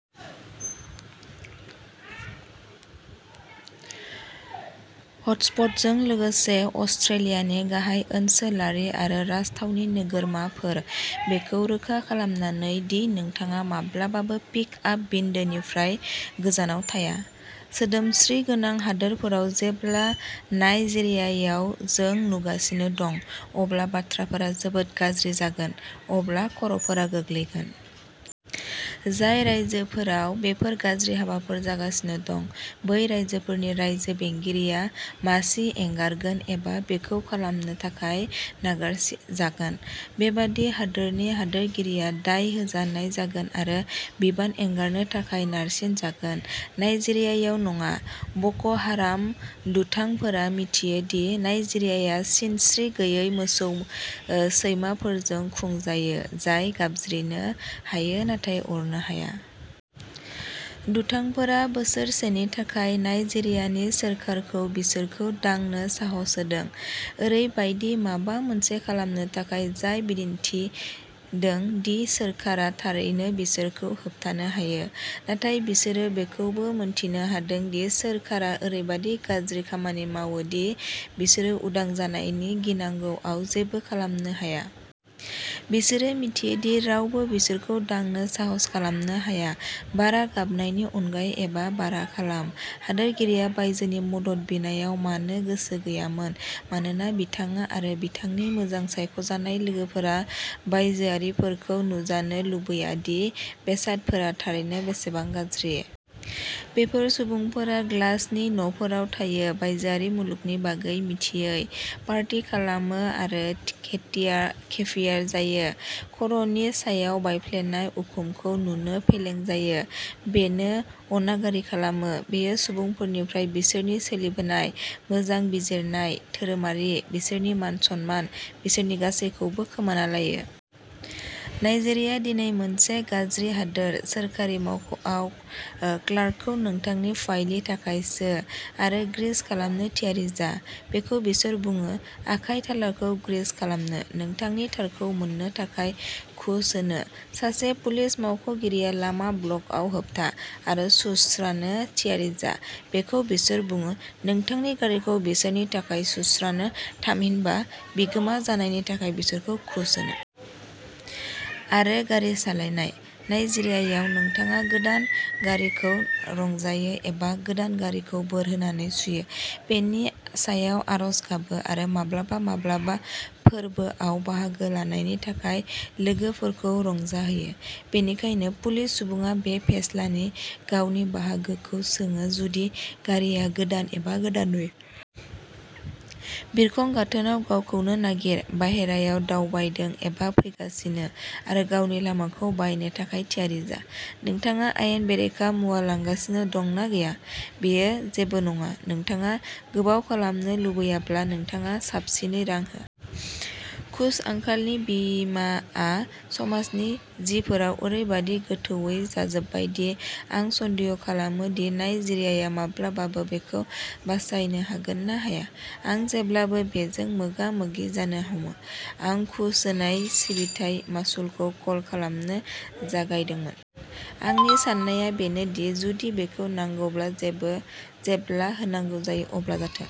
हटस्पटजों लोगोसे अस्ट्रेलियानि गाहाय ओनसोलारि आरो राजथावनि नोगोरमाफोर, बेखौ रोखा खालामनानै दि नोंथाङा माब्लाबाबो पिक आप बिन्दोनिफ्राय गोजानाव थाया। सोदोमस्रि गोनां हादोरफोराव, जेब्ला नाइजेरियायाव जों नुगासिनो दं, अब्ला बाथ्राफोरा जोबोद गाज्रि जागोन, अब्ला खर'फोरा गोग्लैगोन। जाय रायजोफोराव बेफोर गाज्रि हाबाफोर जागासिनो दं, बै रायजोफोरनि रायजो बेंगिरिया मासि एंगारगोन, एबा बेखौ खालामनो थाखाय नागारसिनजागोन। बेबादि हादोरनि हादोरगिरिया दाय होजानाय जागोन आरो बिबान एंगारनो थाखाय नारसिनजागोन। नाइजेरियायाव नङा। ब'क'हाराम दुथांफोरा मिथियो दि नाइजेरियाया सिनस्रि गैयै मोसौ ओ सैमाफोरजों खुंजायो, जाय गाबज्रिनो हायो, नाथाय अरनो हाया। दुथांफोरा बोसोरसेनि थाखाय नाइजेरियानि सोरखारखौ बिसोरखौ दांनो साहस होदों, ओरैबायदि माबा मोनसे खालामनो थाखाय जाय बिदिन्थिदों दि सोरखारा थारैनो बिसोरखौ होबथानो हायो, नाथाय बिसोरो बेखौबो मोन्थिनो हादों दि सोरखारा ओरैबादि गाज्रि खामानि मावो दि बिसोरो उदां जानायनि गिनांगौआव जेबो खालामनो हाया। बिसोरो मिथियो दि रावबो बिसोरखौ दांनो साहस खालामनो हाया। बारा गाबनायनि अनगायै एबा बारा खालाम। हादोरगिरिया बायजोनि मदद बिनायाव मानो गोसो गैयामोन मानोना बिथाङा आरो बिथांनि मोजां सायख'जानाय लोगोफोरा बायजोआरिफोरखौ नुजानो लुबैया दि बेसादफोरा थारैनो बेसेबां गाज्रि। बेफोर सुबुंफोरा ग्लासनि न'फोराव थायो, बायजोआरि मुलुगनि बागै मिथियै, पार्टि खालामो आरो केप्तियार केभियार जायो। खर'नि सायाव बायफ्लेनाय उखुमखौ नुनो फेलें जायो। बेनो अनागारि खालामो। बेयो सुबुंफोरनिफ्राय बिसोरनि सोलिबोनाय, मोजां बिजिरनाय, धोरोमारि, बिसोरनि मान-सन्मान, बिसोरनि गासैबोखौ खोमाना लायो। नाइजेरिया दिनै मोनसे गाज्रि हादोर। सोरखारि मावख'आव क्लार्कखौ नोंथांनि फाइलनि थाखाय सों, आरो ग्रीस खालामनो थियारि जा, बेखौ बिसोर बुङो, आखाइ थालाखौ ग्रीस खालामनो, नोंथांनि थारखौ मोननो थाखाय घुस होनो। सासे पुलिस मावख'गिरिया लामा ब्लकआव होबथा, आरो सुस्रानो थियारि जा, बेखौ बिसोर बुङो, नोंथांनि गारिखौ बिसोरनि थाखाय सुस्रानो, थामहिनबा बिगोमा जानायनि थाखाय बिसोरखौ घुस होनो। आरो गारि सालायनाय। नाइजेरियायाव, नोंथाङा गोदान गारिखौ रंजायो, एबा गोदान गारिखौ बोर होनानै सुयो, बेनि सायाव आरज गाबो, आरो माब्लाबा-माब्लाबा फोरबोआव बाहागो लानायनि थाखाय लोगोफोरखौ रंजाहोयो। बेनिखायनो पुलिस सुबुङा बे फेस्लानि गावनि बाहागोखौ सोङो जुदि गारिआ गोदान, एबा गोदान नुयो। बिरखं गाथोनाव गावखौनो नागिर, बाहेरायाव दावबायदों एबा फैगासिनो, आरो गावनि लामाखौ बायनो थाखाय थियारि जा। नोंथाङा आयेन बेरेखा मुवा लांगासिनो दं ना गैया, बेयो जेबो नङा। नोंथाङा गोबाव खालामनो लुबैयाब्ला, नोंथाङा साबसिनै रां हो। घुस, आंखालनि बिमाआ समाजनि जिफोराव ओरैबादि गोथौवै जाजोबबाय दि आं सन्देह खालामो दि नाइजेरियाया माब्लाबाबो बेखौ बासायनो हागोन ना हाया। आं जेब्लानो बेजों मोगा-मोगि जानो हमो, आं घुस होनाय सिबिथाय मासुलखौ कल खालामनो जागायदोंमोन। आंनि साननाया बेनो दि जुदि बेखौ नांगौब्ला, जेबो जेब्ला होनांगौ जायो, अब्ला जाथों।